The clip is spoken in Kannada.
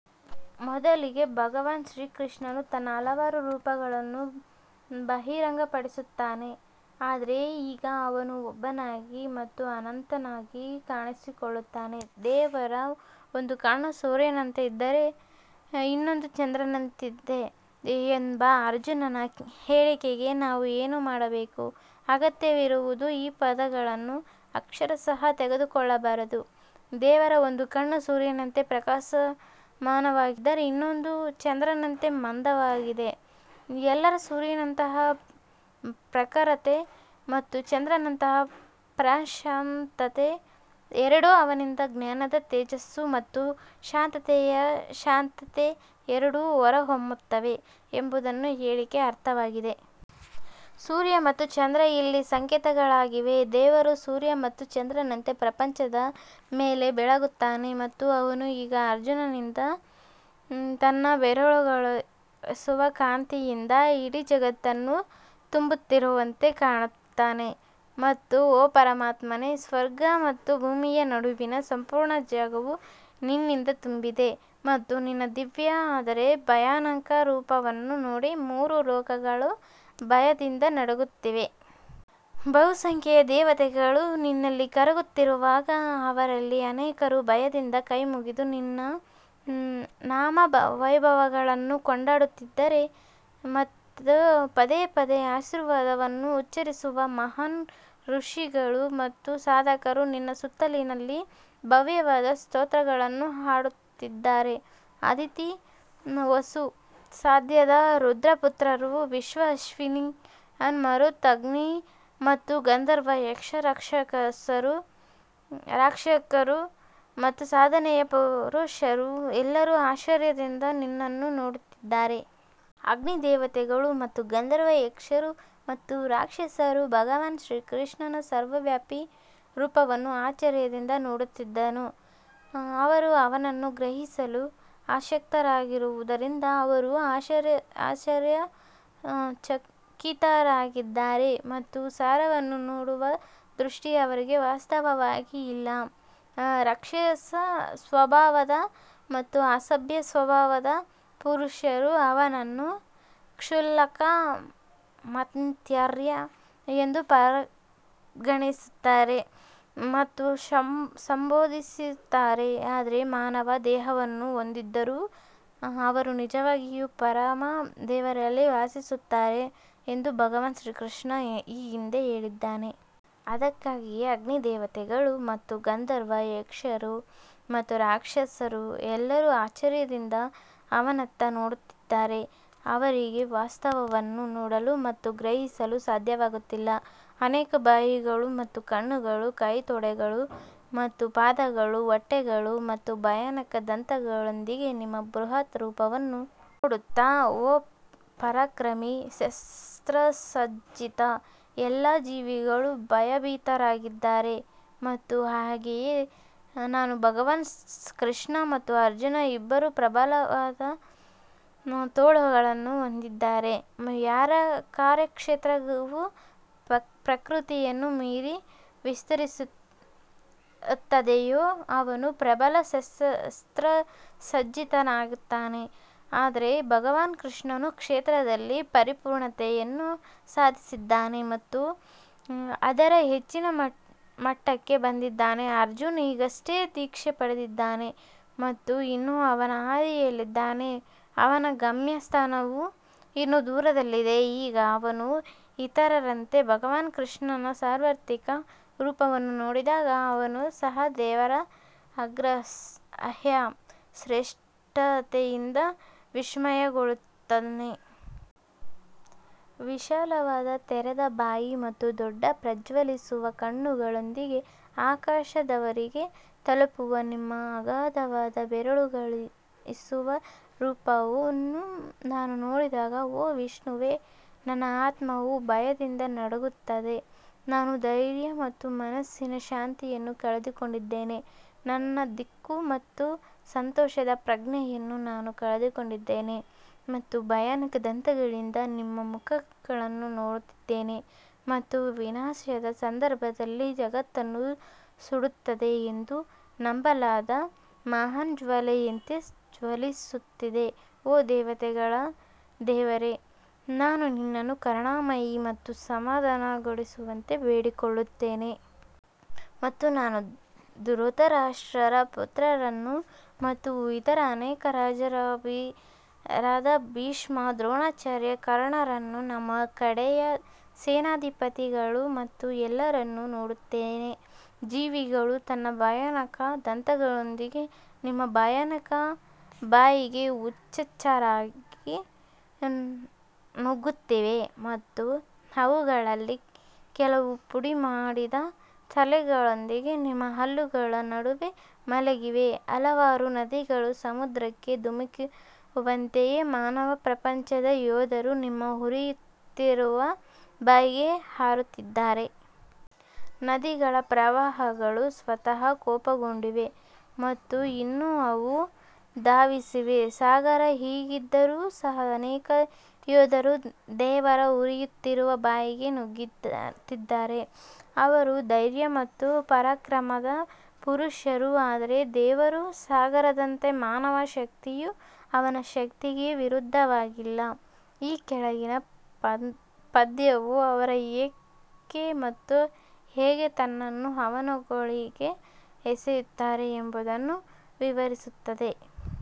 ಮೊದಲಿಗೆ ಭಗವಾನ್ ಕೃಷ್ಣನು ತನ್ನ ಹಲವಾರು ರೂಪಗಳನ್ನು ಬಹಿರಂಗಪಡಿಸುತ್ತಾನೆ ಆದರೆ ಈಗ ಅವನು ಒಬ್ಬನಾಗಿ ಮತ್ತು ಅನಂತನಾಗಿ ಕಾಣಿಸಿಕೊಳ್ಳುತ್ತಾನೆ ದೇವರ ಒಂದು ಕಣ್ಣು ಸೂರ್ಯನಂತೆ ಇದ್ದರೆ ಇನ್ನೊಂದು ಚಂದ್ರನಂತಿದೆ ಎಂಬ ಅರ್ಜುನನ ಹೇಳಿಕೆಗೆ ನಾವು ಏನು ಮಾಡಬೇಕು ಅಗತ್ಯವಿರುವುದು ಈ ಪದಗಳನ್ನು ಅಕ್ಷರಶಃ ತೆಗೆದುಕೊಳ್ಳಬಾರದು ದೇವರ ಒಂದು ಕಣ್ಣು ಸೂರ್ಯನಂತೆ ಪ್ರಕಾಶಮಾನವಾಗಿದ್ದರೆ ಇನ್ನೊಂದು ಚಂದ್ರನಂತೆ ಮಂದವಾಗಿದೆ ಎಂದಲ್ಲ ಸೂರ್ಯನಂತಹ ಪ್ರಖರತೆ ಮತ್ತು ಚಂದ್ರನಂತಹ ಪ್ರಶಾಂತತೆ ಎರಡೂ ಅವನಿಂದ ಜ್ಞಾನದ ತೇಜಸ್ಸು ಮತ್ತು ಶಾಂತತೆಯ ಶಾಂತತೆ ಎರಡೂ ಹೊರಹೊಮ್ಮುತ್ತವೆ ಎಂಬುದು ಹೇಳಿಕೆಯ ಅರ್ಥವಾಗಿದೆ. ಸೂರ್ಯ ಮತ್ತು ಚಂದ್ರ ಇಲ್ಲಿ ಸಂಕೇತಗಳಾಗಿವೆ ದೇವರು ಸೂರ್ಯ ಮತ್ತು ಚಂದ್ರರಂತೆ ಪ್ರಪಂಚದ ಮೇಲೆ ಬೆಳಗುತ್ತಾನೆ ಮತ್ತು ಅವನು ಈಗ ಅರ್ಜುನನಿಂದ ತನ್ನ ಬೆರಗುಗೊಳಿಸುವ ಕಾಂತಿಯಿಂದ ಇಡೀ ಜಗತ್ತನ್ನು ತುಂಬುತ್ತಿರುವಂತೆ ಕಾಣುತ್ತಾನೆ. ಮತ್ತು ಓ ಪರಮಾತ್ಮನೇ, ಸ್ವರ್ಗ ಮತ್ತು ಭೂಮಿಯ ನಡುವಿನ ಸಂಪೂರ್ಣ ಜಾಗವು ನಿನ್ನಿಂದ ತುಂಬಿದೆ ಮತ್ತು ನಿನ್ನ ದಿವ್ಯ ಆದರೆ ಭಯಾನಕ ರೂಪವನ್ನು ನೋಡಿ ಮೂರು ಲೋಕಗಳು ಭಯದಿಂದ ನಡುಗುತ್ತಿವೆ. ಬಹುಸಂಖ್ಯೆಯ ದೇವತೆಗಳು ನಿನ್ನಲ್ಲಿ ಕರಗುತ್ತಿರುವಾಗ ಅವರಲ್ಲಿ ಅನೇಕರು ಭಯದಿಂದ ಕೈಮುಗಿದು ನಿನ್ನ ನಾಮ ವೈಭವಗಳನ್ನು ಕೊಂಡಾಡುತ್ತಿದ್ದಾರೆ ಮತ್ತು ಪದೇ ಪದೇ ಆಶೀರ್ವಾದವನ್ನು ಉಚ್ಛರಿಸುವ ಮಹಾನ್ ಋಷಿಗಳು ಮತ್ತು ಸಾಧಕರು ನಿನ್ನ ಸ್ತುತಿಯಲ್ಲಿ ಭವ್ಯವಾದ ಸ್ತೋತ್ರಗಳನ್ನು ಹಾಡುತ್ತಿದ್ದಾರೆ. ಅದಿತಿ ವಸು ಸಧ್ಯದ ರುದ್ರ ಪುತ್ರರು ವಿಶ್ವ ಅಶ್ವಿನ್ ಮರುತ್ ಅಗ್ನಿ ಮತ್ತು ಗಂಧರ್ವ ಯಕ್ಷ ರಾಕ್ಷಸರು ಮತ್ತು ಸಾಧನೆಯ ಪುರುಷರು ಎಲ್ಲರೂ ಆಶ್ಚರ್ಯದಿಂದ ನಿನ್ನನ್ನು ನೋಡುತ್ತಿದ್ದಾರೆ. ಅಗ್ನಿ ದೇವತೆಗಳು ಮತ್ತು ಗಂಧರ್ವ ಯಕ್ಷರು ಮತ್ತು ರಾಕ್ಷಸರು ಭಗವಾನ್ ಕೃಷ್ಣನ ಸರ್ವವ್ಯಾಪಿ ರೂಪವನ್ನು ಆಶ್ಚರ್ಯದಿಂದ ನೋಡುತ್ತಿದ್ದನು ಅವರು ಅವನನ್ನು ಗ್ರಹಿಸಲು ಅಶಕ್ತರಾಗಿರುವುದರಿಂದ ಅವರು ಆಶ್ಚರ್ಯಚಕಿತರಾಗಿದ್ದಾರೆ ಅವರ ಸಾರವನ್ನು ನೋಡುವ ದೃಷ್ಟಿ ಅವರಿಗೆ ವಾಸ್ತವವಾಗಿ ಇಲ್ಲ ರಾಕ್ಷಸ ಸ್ವಭಾವದ ಮತ್ತು ಅಸಭ್ಯ ಸ್ವಭಾವದ ಪುರುಷರು ಅವನನ್ನು ಕ್ಷುಲ್ಲಕ ಮರ್ತ್ಯ ಎಂದು ಪರಿಗಣಿಸುತ್ತಾರೆ ಮತ್ತು ಸಂಬೋಧಿಸುತ್ತಾರೆ ಆದರೆ ಮಾನವ ದೇಹವನ್ನು ಹೊಂದಿದ್ದರೂ ಅವರು ನಿಜವಾಗಿಯೂ ಪರಮ ದೇವರಲ್ಲಿ ವಾಸಿಸುತ್ತಾರೆ ಎಂದು ಭಗವಾನ್ ಕೃಷ್ಣನು ಈ ಹಿಂದೆ ಹೇಳಿದ್ದಾನೆ. ಅದಕ್ಕಾಗಿಯೇ ಅಗ್ನಿ ದೇವತೆಗಳು ಮತ್ತು ಗಂಧರ್ವ ಯಕ್ಷರು ಮತ್ತು ರಾಕ್ಷಸರು ಎಲ್ಲರೂ ಆಶ್ಚರ್ಯದಿಂದ ಅವನತ್ತ ನೋಡುತ್ತಿದ್ದಾರೆ. ಅವರಿಗೆ ವಾಸ್ತವವನ್ನು ನೋಡಲು ಮತ್ತು ಗ್ರಹಿಸಲು ಸಾಧ್ಯವಾಗುತ್ತಿಲ್ಲ ಅನೇಕ ಬಾಯಿಗಳು ಮತ್ತು ಕಣ್ಣುಗಳು ಕೈ ತೊಡೆಗಳು ಮತ್ತು ಪಾದಗಳು ಹೊಟ್ಟೆಗಳು ಮತ್ತು ಭಯಾನಕ ದಂತಗಳೊಂದಿಗೆ ನಿಮ್ಮ ಬೃಹತ್ ರೂಪವನ್ನು ನೋಡುತ್ತಾ ಓ ಪರಾಕ್ರಮಿ ಶಸ್ತ್ರಸಜ್ಜಿತ ಎಲ್ಲಾ ಜೀವಿಗಳು ಭಯಭೀತರಾಗಿದ್ದಾರೆ ಮತ್ತು ಹಾಗೆಯೇ ನಾನು ಭಗವಾನ್ ಕೃಷ್ಣ ಮತ್ತು ಅರ್ಜುನ್ ಇಬ್ಬರೂ ಪ್ರಬಲವಾದ ತೋಳುಗಳನ್ನು ಹೊಂದಿದ್ದಾರೆ ಯಾರ ಕಾರ್ಯಕ್ಷೇತ್ರವು ಪ್ರಕೃತಿಯನ್ನು ಮೀರಿ ವಿಸ್ತರಿಸುತ್ತದೆಯೋ ಅವನು ಪ್ರಬಲ ಶಸ್ತ್ರಸಜ್ಜಿತನಾಗಿರುತ್ತಾನೆ ಆದರೆ ಭಗವಾನ್ ಕೃಷ್ಣನು ಕ್ಷೇತ್ರದಲ್ಲಿ ಪರಿಪೂರ್ಣತೆಯನ್ನು ಸಾಧಿಸಿದ್ದಾನೆ ಮತ್ತು ಅದರ ಹೆಚ್ಚಿನ ಮಟ್ಟಕ್ಕೆ ಬಂದಿದ್ದಾನೆ ಅರ್ಜುನ್ ಈಗಷ್ಟೇ ದೀಕ್ಷೆ ಪಡೆದಿದ್ದಾನೆ ಮತ್ತು ಇನ್ನೂ ಅವನ ಹಾದಿಯಲ್ಲಿದ್ದಾನೆ ಅವನ ಗಮ್ಯಸ್ಥಾನವು ಇನ್ನೂ ದೂರದಲ್ಲಿದೆ ಈಗ ಅವನು ಇತರರಂತೆ ಭಗವಾನ್ ಕೃಷ್ಣನ ಸಾರ್ವತ್ರಿಕ ರೂಪವನ್ನು ನೋಡಿದಾಗ ಅವನು ಸಹ ದೇವರ ಅಗ್ರಾಹ್ಯ ಶ್ರೇಷ್ಠತೆಯಿಂದ ವಿಸ್ಮಯಗೊಳ್ಳುತ್ತಾನೆ. ವಿಶಾಲವಾದ ತೆರೆದ ಬಾಯಿ ಮತ್ತು ದೊಡ್ಡ ಪ್ರಜ್ವಲಿಸುವ ಕಣ್ಣುಗಳೊಂದಿಗೆ ಆಕಾಶದವರೆಗೆ ತಲುಪುವ ನಿಮ್ಮ ಅಗಾಧವಾದ ಬೆರಗುಗೊಳಿಸುವ ರೂಪವನ್ನು ನಾನು ನೋಡಿದಾಗ, ಓ ವಿಷ್ಣುವೇ ನನ್ನ ಆತ್ಮವು ಭಯದಿಂದ ನಡುಗುತ್ತದೆ, ನಾನು ಧೈರ್ಯ ಮತ್ತು ಮನಸ್ಸಿನ ಶಾಂತಿಯನ್ನು ಕಳೆದುಕೊಂಡಿದ್ದೇನೆ. ನನ್ನ ದಿಕ್ಕು ಮತ್ತು ಸಂತೋಷದ ಪ್ರಜ್ಞೆಯನ್ನು ನಾನು ಕಳೆದುಕೊಂಡಿದ್ದೇನೆ ಮತ್ತು ಭಯಾನಕ ದಂತಗಳಿಂದ ನಿಮ್ಮ ಮುಖಗಳನ್ನು ನೋಡುತ್ತಿದ್ದೇನೆ ಮತ್ತು ವಿನಾಶದ ಸಂದರ್ಭದಲ್ಲಿ ಜಗತ್ತನ್ನು ಸುಡುತ್ತದೆ ಎಂದು ನಂಬಲಾದ ಮಹಾನ್ ಜ್ವಾಲೆಯಂತೆ ಜ್ವಲಿಸುತ್ತಿದೆ, ಓ ದೇವತೆಗಳ ದೇವರೇ, ನಾನು ನಿನ್ನನ್ನು ಕರುಣಾಮಯಿ ಮತ್ತು ಸಮಾಧಾನಗೊಳಿಸುವಂತೆ ಬೇಡಿಕೊಳ್ಳುತ್ತೇನೆ. ಮತ್ತು ನಾನು ಧೃತರಾಷ್ಟ್ರರ ಪುತ್ರರನ್ನು ಮತ್ತು ಇತರ ಅನೇಕ ರಾಜರಾದ ಭೀಷ್ಮ ದ್ರೋಣಾಚಾರ್ಯ ಕರ್ಣರನ್ನು ನಮ್ಮ ಕಡೆಯ ಸೇನಾಧಿಪತಿಗಳು ಮತ್ತು ಎಲ್ಲರನ್ನೂ ನೋಡುತ್ತೇನೆ. ಜೀವಿಗಳು ತನ್ನ ಭಯಾನಕ ದಂತಗಳೊಂದಿಗೆ ನಿಮ್ಮ ಭಯಾನಕ ಬಾಯಿಗೆ ಹುಚ್ಚುಚ್ಚಾಗಿ ನುಗ್ಗುತ್ತಿವೆ ಮತ್ತು ಅವುಗಳಲ್ಲಿ ಕೆಲವು ಪುಡಿಮಾಡಿದ ತಲೆಗಳೊಂದಿಗೆ ನಿಮ್ಮ ಹಲ್ಲುಗಳ ನಡುವೆ ಮಲಗಿವೆ ಹಲವಾರು ನದಿಗಳು ಸಮುದ್ರಕ್ಕೆ ಧುಮುಕುವಂತೆಯೇ ಮಾನವ ಪ್ರಪಂಚದ ಯೋಧರು ನಿಮ್ಮ ಉರಿಯುತ್ತಿರುವ ಬಾಯಿಗೆ ಹಾರುತ್ತಿದ್ದಾರೆ. ನದಿಗಳ ಪ್ರವಾಹಗಳು ಸ್ವತಃ ಕೋಪಗೊಂಡಿವೆ ಮತ್ತು ಇನ್ನೂ ಅವು ಧಾವಿಸಿವೆ ಸಾಗರ ಹೀಗಿದ್ದರೂ ಸಹ ಅನೇಕ ಯೋಧರು ದೇವರ ಉರಿಯುತ್ತಿರುವ ಬಾಯಿಗೆ ನುಗ್ಗುತ್ತಿದ್ದಾರೆ ಅವರು ಧೈರ್ಯ ಮತ್ತು ಪರಾಕ್ರಮದ ಪುರುಷರು ಆದರೆ ದೇವರು ಸಾಗರದಂತೆ ಮಾನವ ಶಕ್ತಿಯು ಅವನ ಶಕ್ತಿಗೆ ವಿರುದ್ಧವಾಗಿಲ್ಲ ಈ ಕೆಳಗಿನ ಪದ್ಯವು ಅವರು ಏಕೆ ಮತ್ತು ಹೇಗೆ ತನ್ನನ್ನು ಅವನೊಳಗೆ ಎಸೆಯುತ್ತಾರೆ ಎಂಬುದನ್ನು ವಿವರಿಸುತ್ತದೆ.